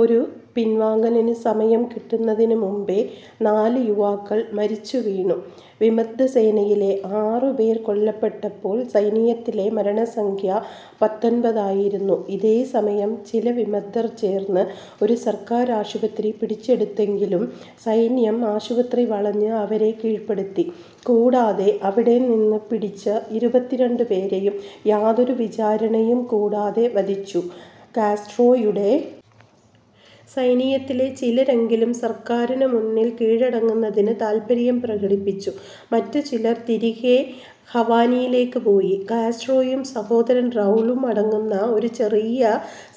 ഒരു പിൻവാങ്ങലിനു സമയം കിട്ടുന്നതിനു മുമ്പേ നാലു യുവാക്കൾ മരിച്ചു വീണു. വിമതസേനയിലെ ആറുപേർ കൊല്ലപ്പെട്ടപ്പോൾ സൈന്യത്തിലെ മരണസംഖ്യ പത്തൊൻപതായിരുന്നു. ഇതേസമയം ചില വിമതർ ചേർന്ന് ഒരു സർക്കാർ ആശുപത്രി പിടിച്ചെടുത്തെങ്കിലും സൈന്യം ആശുപത്രി വളഞ്ഞ് അവരെ കീഴ്പ്പെടുത്തി. കൂടാതെ അവിടെനിന്ന് പിടിച്ച ഇരുപത്തിരണ്ടുപേരെയും യാതൊരു വിചാരണയും കൂടാതെ വധിച്ചു. കാസ്ട്രോയുടെ സൈന്യത്തിലെ ചിലരെങ്കിലും സർക്കാരിനു മുന്നിൽ കീഴടങ്ങുന്നതിന് താൽപര്യം പ്രകടിപ്പിച്ചു. മറ്റു ചിലർ തിരികെ ഹവാനയിലേക്ക് പോയി. കാസ്ട്രോയും സഹോദരൻ റൗളും അടങ്ങുന്ന ഒരു ചെറിയ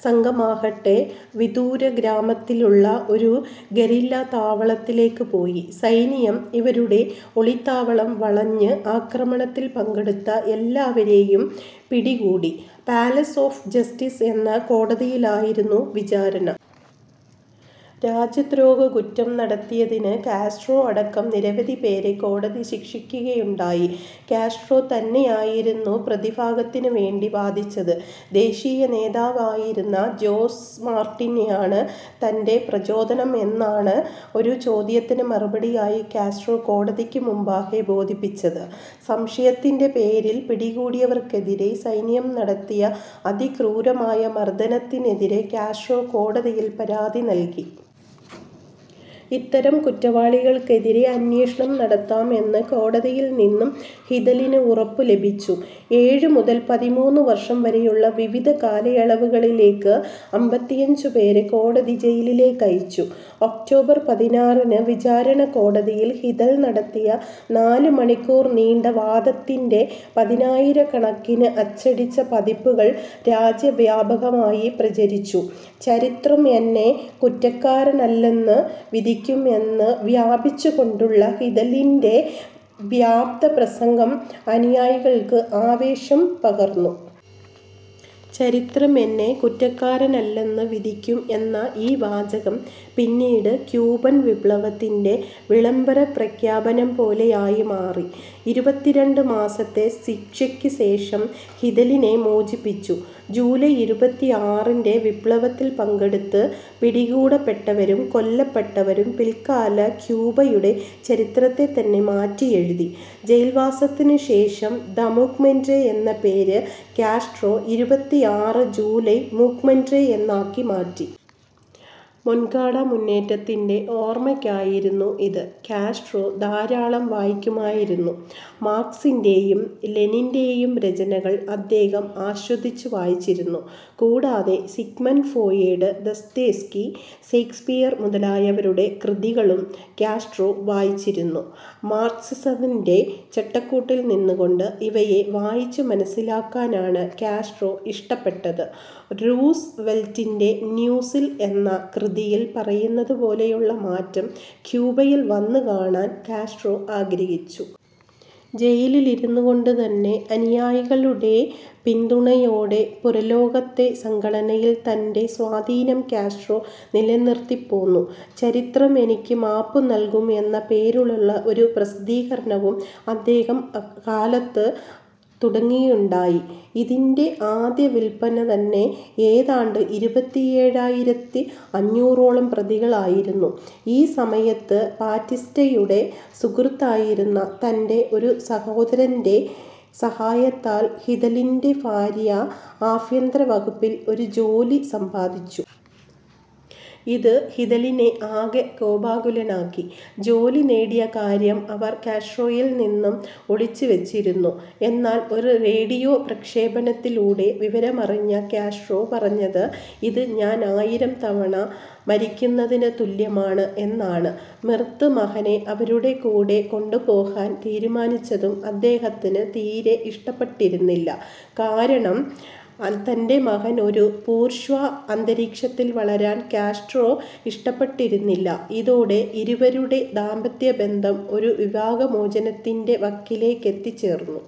സംഘമാകട്ടെ വിദൂരഗ്രാമത്തിലുള്ള ഒരു ഗറില്ലാതാവളത്തിലേക്കും പോയി. സൈന്യം ഇവരുടെ ഒളിത്താവളം വളഞ്ഞ് ആക്രമണത്തിൽ പങ്കെടുത്ത എല്ലാവരേയും പിടികൂടി. പാലസ് ഓഫ് ജസ്റ്റീസ് എന്ന കോടതിയിലായിരുന്നു വിചാരണ. രാജ്യദ്രോഹക്കുറ്റം നടത്തിയതിന് കാസ്ട്രോ അടക്കം നിരവധി പേരെ കോടതി ശിക്ഷിക്കുകയുണ്ടായി. കാസ്ട്രോ തന്നെയായിരുന്നു പ്രതിഭാഗത്തിനു വേണ്ടി വാദിച്ചത്. ദേശീയ നേതാവായിരുന്ന ജോസ് മാർട്ടിനിയാണ് തന്റെ പ്രചോദനം എന്നാണ് ഒരു ചോദ്യത്തിനു മറുപടിയായി കാസ്ട്രോ കോടതിക്കു മുമ്പാകെ ബോധിപ്പിച്ചത്. സംശയത്തിന്റെ പേരിൽ പിടികൂടിയവർക്കെതിരേ സൈന്യം നടത്തിയ അതിക്രൂരമായ മർദ്ദനത്തിനെതിരേ കാസ്ട്രോ കോടതിയിൽ പരാതി നൽകി. ഇത്തരം കുറ്റവാളികൾക്കെതിരേ അന്വേഷണം നടത്താം എന്ന് കോടതിയിൽനിന്നും ഫിദലിന് ഉറപ്പും ലഭിച്ചു. ഏഴു മുതൽ പതിമൂന്ന് വർഷം വരെയുള്ള വിവിധ കാലയളവുകളിലേക്ക് അമ്പത്തിയഞ്ച് പേരെ കോടതി ജയിലിലേക്കയച്ചു. ഒക്ടോബർ പതിനാറിന് വിചാരണക്കോടതിയിൽ ഫിദൽ നടത്തിയ നാലുമണിക്കൂർ നീണ്ട വാദത്തിന്റെ പതിനായിരക്കണക്കിന് അച്ചടിച്ച പതിപ്പുകൾ രാജ്യവ്യാപകമായി പ്രചരിച്ചു. ചരിത്രം എന്നെ കുറ്റക്കാരനല്ലെന്നു വിധിക്കും എന്ന് വ്യാപിച്ചുകൊണ്ടുള്ള ഫിദലിന്റെ വ്യാപ്ത പ്രസംഗം അനുയായികൾക്ക് ആവേശം പകർന്നു. ചരിത്രം എന്നെ കുറ്റക്കാരനല്ലെന്നു വിധിക്കും എന്ന ഈ വാചകം പിന്നീട് ക്യൂബൻ വിപ്ലവത്തിന്റെ വിളംബരപ്രഖ്യാപനം പോലെയായി മാറി. ഇരുപത്തിരണ്ടുമാസത്തെ ശിക്ഷയ്ക്കുശേഷം ഫിദലിനെ മോചിപ്പിച്ചു. ജൂലൈ ഇരുപത്തിയാറിന്റെ വിപ്ലവത്തിൽ പങ്കെടുത്ത് പിടികൂടപ്പെട്ടവരും കൊല്ലപ്പെട്ടവരും പിൽക്കാല ക്യൂബയുടെ ചരിത്രത്തെതന്നെ മാറ്റിയെഴുതി. ജയിൽവാസത്തിനുശേഷം ദ മൂവ്മെൻറെ എന്ന പേര് കാസ്ട്രോ ഇരുപത്തിയാറ് ജൂലൈ മൂവ്മെൻറെ എന്നാക്കി മാറ്റി. മൊൻകാട മുന്നേറ്റത്തിന്റെ ഓർമ്മയ്ക്കായിരുന്നു ഇത്.കാസ്ട്രോ ധാരാളം വായിക്കുമായിരുന്നു. മാർക്സിന്റേയും ലെനിന്റേയും രചനകൾ അദ്ദേഹം ആശ്വദിച്ചു വായിച്ചിരുന്നു. കൂടാതെ സിഗ്മണ്ട് ഫോയിഡ്, ദസ്തേവ്സ്ക്കി, ഷേക്സ്പിയർ മുതലായവരുടെ കൃതികളും കാസ്ട്രോ വായിച്ചിരുന്നു. മാർക്സിസത്തിന്റെ ചട്ടക്കൂടിൽ നിന്നുകൊണ്ട് ഇവയെ വായിച്ചു മനസ്സിലാക്കാനാണ് കാസ്ട്രോ ഇഷ്ടപ്പെട്ടത്. റൂസ് വെൽറ്റിന്റെ ന്യൂസിൽ എന്ന കൃതിയിൽ പറയുന്നപോലെയുള്ള മാറ്റം ക്യൂബയിൽ വന്നു കാണാൻ കാസ്ട്രോ ആഗ്രഹിച്ചു. ജയിലിലിരുന്നുകൊണ്ടുതന്നെ അനുയായികളുടെ പിന്തുണയോടെ പുറംലോകത്തെ സംഘടനയിൽ തന്റെ സ്വാധീനം കാസ്ട്രോ നിലനിർത്തിപ്പോന്നു. ചരിത്രം എനിക്കു മാപ്പു നൽകും എന്ന പേരിലുള്ള ഒരു പ്രസിദ്ധീകരണവും അദ്ദേഹം അക്കാലത്ത് തുടങ്ങുകയുണ്ടായി. ഇതിന്റെ ആദ്യ വിൽപ്പന തന്നെ ഏതാണ്ട് ഇരുപത്തിയേഴായിരത്തി അഞ്ഞൂറോളം പ്രതികളായിരുന്നു.ഈ സമയത്ത് ബാറ്റിസ്റ്റയുടെ സുഹൃത്തായിരുന്ന തന്റെ ഒരു സഹോദരന്റെ സഹായത്താൽ ഫിദലിന്റെ ഭാര്യ ആഭ്യന്തരവകുപ്പിൽ ഒരു ജോലി സമ്പാദിച്ചു. ഇത് ഫിദലിനെ ആകെ കോപാകുലനാക്കി. ജോലി നേടിയ കാര്യം അവർ കാസ്ട്രോയിൽനിന്നും ഒളിച്ചുവെച്ചിരുന്നു. എന്നാൽ ഒരു റേഡിയോ പ്രക്ഷേപണത്തിലൂടെ വിവരമറിഞ്ഞ കാസ്ട്രോ പറഞ്ഞത് ഇത് ഞാൻ ആയിരം തവണ മരിക്കുന്നതിനു തുല്യമാണ് എന്നാണ്. മിർത് മകനെ അവരുടെ കൂടെ കൊണ്ടുപോകാൻ തീരുമാനിച്ചതും അദ്ദേഹത്തിന് തീരെ ഇഷ്ടപ്പെട്ടിരുന്നില്ല. കാരണം തന്റെ മകൻ ഒരു ബൂർഷ്വാ അന്തരീക്ഷത്തിൽ വളരാൻ കാസ്ട്രോ ഇഷ്ടപ്പെട്ടിരുന്നില്ല. ഇതോടെ ഇവരുടെ ദാമ്പത്യബന്ധം ഒരു വിവാഹമോചനത്തിന്റെ വക്കിലേക്കെത്തിച്ചേർന്നു.